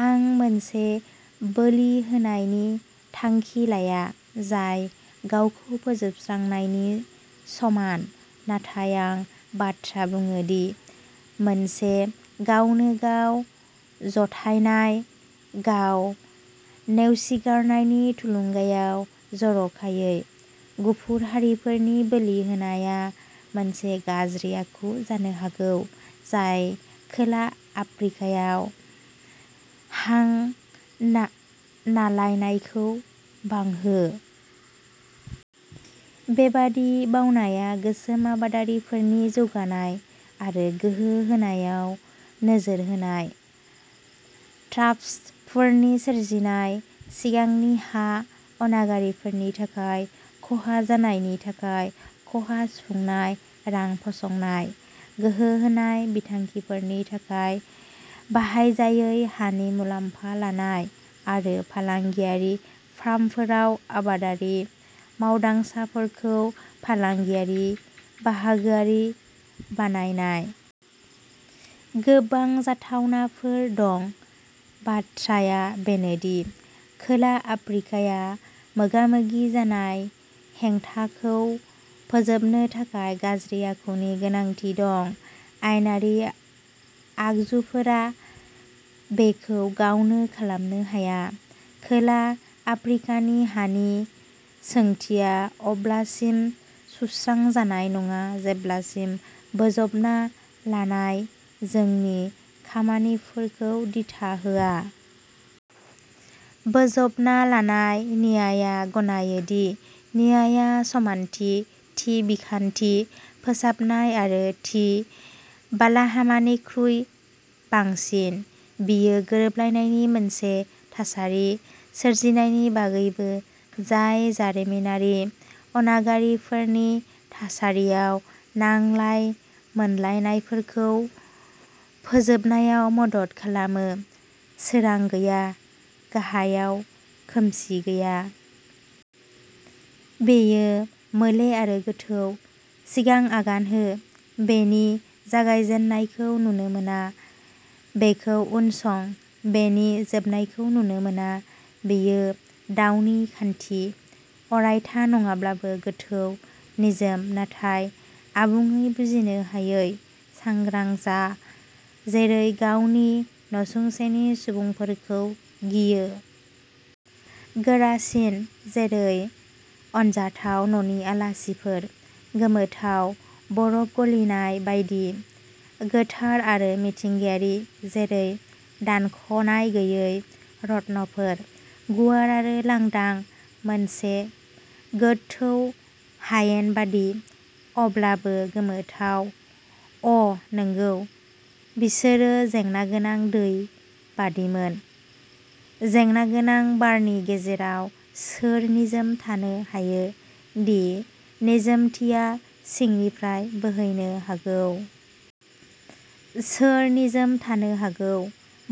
आं मोनसे बोलि होनायनि थांखि लाया जाय गावखौ फोजोबस्रांनायनि समान, नाथाय आं बाथ्रा बुङो दि मोनसे गावनो-गाव जथायनाय। गाव-नेवसिगारनायनि थुलुंगायाव जर'खायै गुफुर हारिफोरनि बोलि होनाया मोनसे गाज्रि आखु जानो हागौ जाय खोला आफ्रिकायाव हा नांलायनायखौ बांहो। बेबादि बावनाया गोसोम आबादारिफोरनि जौगानाय आरो गोहो होनायाव नोजोर होनाय ट्रास्टफोरनि सोरजिनाय; सिगांनि हा अनागारिफोरनि थाखाय खहा जानायनि थाखाय खहा सुफुंनाय रां फसंनाय; गोहो होनाय बिथांखिफोरनि थाखाय बाहायजायै हानि मुलाम्फा लानाय; आरो फालांगियारि फार्मफोराव आबादारि मावदांसाफोरखौ फालांगियारि बाहागोआरि बानायनाय। गोबां जाथावनाफोर दं। बाथ्राआ बेनो दि खोला आफ्रिकाया मोगा-मोगि जानाय हेंथाखौ फोजोबनो थाखाय गाज्रि आखुफोरनि गोनांथि दं। आयेनारि आगजुफोरा बेखौ गावनो खालामनो हाया। खोला आफ्रिकानि हानि सोंथिया अब्लासिम सुस्रां जानाय नङा जेब्लासिम बोजबना लानाय जोंनि खामानिफोरखौ दिथा होआ। बोजबना लानाय न्यायआ गनायो दि न्यायआ समानथि, थि बिखान्थि, फोसाबनाय आरो थि बालाहामानिख्रुइ बांसिन; बेयो गोरोबलायनायनि मोनसे थासारि सोरजिनायनि बागैबो जाय जारिमिनारि अनागारिफोरनि थासारियाव नांलाय-मोनलायफोरखौ फोजोबनायाव मदद खालामो। सोरां गैया; गाहायाव, खोमसि गैया। बेयो मोले आरो गोथौ। सिगां आगान हो, बेनि जागायजेन्नायखौ नुनो मोना; बेखौ उनसं, बेनि जोबनायखौ नुनो मोना। बेयो दावनि खान्थि। अरायथा नङाब्लाबो गोथौ, निजोम नाथाय आबुङै बुजिनो हायै। सांग्रां जा, जेरै गावनि नसुंसेनि सुबुंफोरखौ गियो। गोरासिन, जेरै अनजाथाव न'नि आलासिफोर। गोमोथाव, बरफ गलिनाय बायदि। गोथार आरो मिथिंगायारि, जेरै दानख'नाय गैयै रत्नफोर। गुवार आरो लांदां, मोनसे गोथौ हायेन बायदि। अब्लाबो गोमोथाव, अ'नंगौ, बिसोरो जेंनागोनां दै बायदिमोन। जेंनागोनां बारनि गेजेराव सोर निजोम थानो हायो, दि निजोमथिया सिंनिफ्राय बोहैनो हागौ? सोर निजोम थानो हागौ,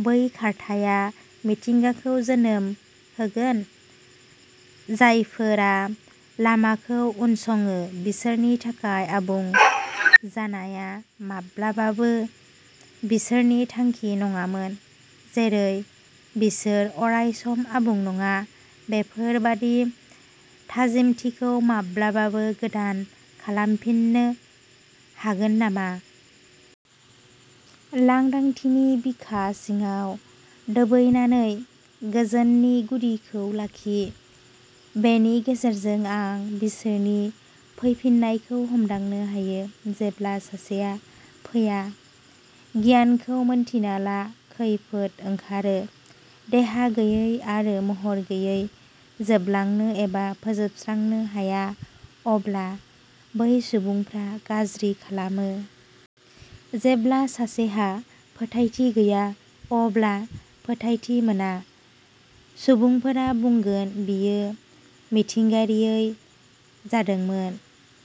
बै खारथाया मिथिंगाखौ जोनोम होगोन? जायफोरा लामाखौ उनसङो, बिसोरनि थाखाय आबुं जानाया माब्लाबाबो बिसोरनि थांखि नङामोन। जेरै बिसोर अरायसम आबुं नङा, बेफोर बायदि थाजिमथिखौ माब्लाबाबो गोदान खालामफिननो हागोन नामा। लांदांथिनि बिखा सिङाव दोबैनानै, गोजोननि गुदिखौ लाखि। बेनि गेजेरजों आं बिसोरनि फैफिन्नायखौ हमदांनो हायो। जेब्ला सासेया फैया। गियानखौ मिन्थिना ला, खैफोद ओंखारो! देहा गैयै आरो महर गैयै, जोबलांनो एबा फोजोबस्रांनो हाया। अब्ला बैसोर सुबुंफ्रा गाज्रि खालामो। जेब्ला सासेहा फोथायथि गैया, अब्ला फोथायथि मोना। सुबुंफोरा बुंगोन बेयो मिथिंगायारियै जादोंमोन।